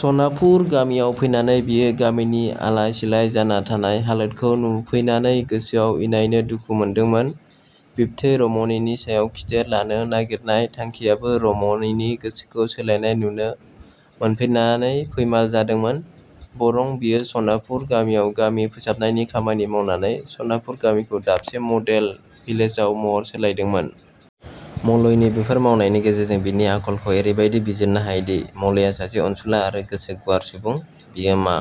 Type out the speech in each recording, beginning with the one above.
सनापुर गामियाव फैनानै बियो गामिनि आलाय-सिलाय जाना- थानाय हालोदखौ नुफैनानै गोसोआव इनायनो दुखु मोनदोंमोन बिबथै रमनिनि सायाव खिथेर लानो नागिरनाय थांखियाबो रमनिनि गोसोखौ सोलायनाय नुनो मोनफैनानै फैमाल जादोंमोन। बरं बियो सनापुर गामियाव गामि फोसाबनायनि खामानि मावनानै सनापुर गामिखौ दाबसे मडेल भिलेजाव महर सोलायदोंमोन। मलयनि बेफोर मावनायनि गेजेरजों बिनि आखलखौ एरैबादि बिजिरनो हायोदि, मलया सासे अनसुला आरो गोसो गुवार सुबुं। बियो मा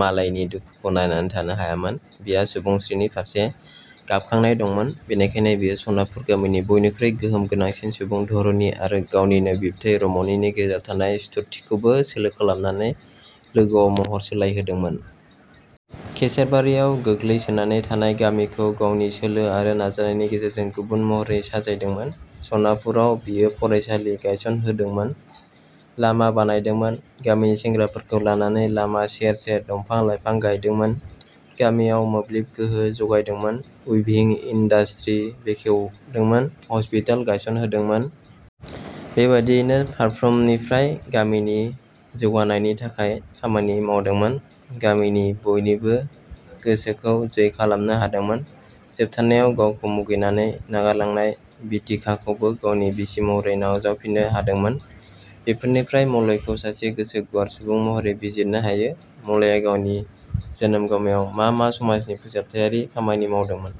मालायनि दुखुखौ नायनानै थानो हायामोन। बिहा सुबुंस्रिनि फारसे गाबखांनाय दंमोन। बेनिखायनो बियो सनापुर गामिनि बयनिख्रुइ गोहोम गोनांसिन सुबुं धरनि आरो गावनिनो बिबथै रमनिनि गेजेराव थानाय सुथुरथिखौबो सोलो खालामनानै लोगोआव महर सोलायहोदोंमोन। खेसेरबारियाव गोग्लै सोनानै थानाय गामिखौ गावनि सोलो आरो नाजानायनि गेजेरजों गुबुन महरै साजायदोंमोन। सनापुराव बियो फरायसालि गायसनग्रोदोंमोन, लामा बानायदोंमोन, गामिनि सेंग्राफोरखौ लानानै लामा सेर सेर दंफां-लाइफां गायदोंमोन। गामियाव मोब्लिब गोहो जगायदोंमोन, उइभिं इन्दाष्टि बेखेवदोंमोन, हस्पिताल गायसनहोदोंमोन। बेबादियैनो फारफ्रोमनिफ्राय गामिनि जौगानायनि थाखाय खामानि मावदोंमोन। गामिनि बयनिबो गोसोखौ जै खालामनो हादोंमोन। जोबथारनायाव गावखौ मुगैनानै नागारलांनाय बिथिकाखौबो गावनि बिसि महरै नाजावफिननो हादोंमोन। बेफोरनिफ्राय मलयखौ सासे गोसो गुवार सुबुं महरै बिजरिनो हायो। मलया गावनि जोनोम गामियाव मा मा समाजनि फोसाबथाइयारि खामानि मावदोंमोन?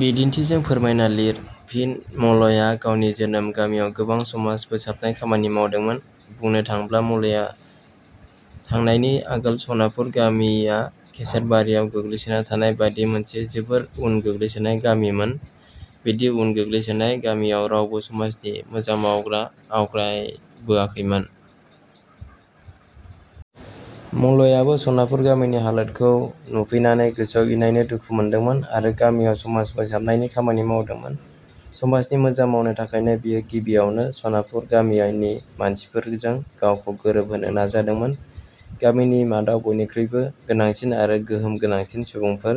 बिदिन्थिजों फोरमायना लिए। फिनः मलया गावनि जोनोम गामियाव गोबां समाज फोसाबनाय खामानि मावदोंमोन। बुंनो थाङोब्ला मलय थांनायनि आगोल सनापुर गामिया खेसरबारियाव गोग्लैसोना थानाय बादि मोनसे जोबोर उन गोग्लैसोनाय गामिमोन। बिदि उन गोग्लैसोनाय गामियाव रावबो समाजनि मोजां मावग्रा आवगायबोआखैमोन। मलयाबो सनापुर गामिनि हालोदखौ नुफैनानै गोसोआव इनायनो दुखु मोनदोंमोन आरो गामियाव समाज फोसाबनायनि खामानि मावदोंमोन। समाजनि मोजां मावनो थाखायनो बियो गिबियावनो सनापुर गामिनि मानसिफोरजों गावखौ गोरोबहोनो नाजादोंमोन। गामिनि मादाव बयनिखुइबो गोनांसिन आरो गोहोम गोनांसिन सुबुंफोर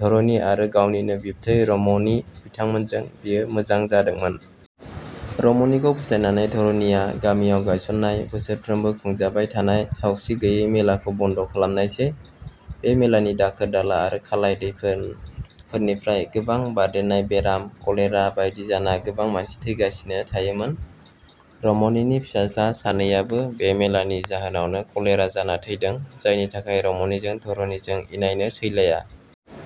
धरनि आरो गावनिनो बिबथै रमनि, बिथांमोनजों बियो मोजां जादोंमोन। रमनिखौ फुस्लायनानै धरनिया गामियाव गायसननाय बोसोरफ्रोमबो खुंजाबाय थानाय सावस्रि गैयि मेलाखौ बन्द खालामनायसै। बे मेलानि दाखोर दाला आरो खालाय दैफोरफोरनिफ्राय गोबां बारदेरनाय बेराम, कलेरा बायदि जाना गोबां मानसि थैगासिनो थायोमोन। रमनिनि फिसाज्ला सानैयाबो बे मेलानि जाहोनावनो कलेरा जाना थैदों जायनि थाखाय रमनिजों धरनिजों इनायनो सैलाया।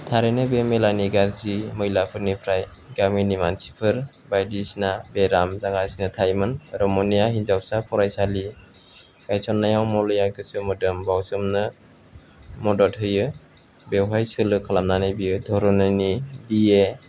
थारैनो बे मेलानि गाज्रि मैलाफोरनिफ्राय गामिनि मानसिफोर बायदिसिना बेराम जागासिनो थायोमोन। रमनिया हिनजावसा फरायसालि गायसननायाव मलया गोसो मोदोम बावसोमनाने मदद होयो। बेवहाय सोलो खालामनानै बियो धरनिनि बि. ए.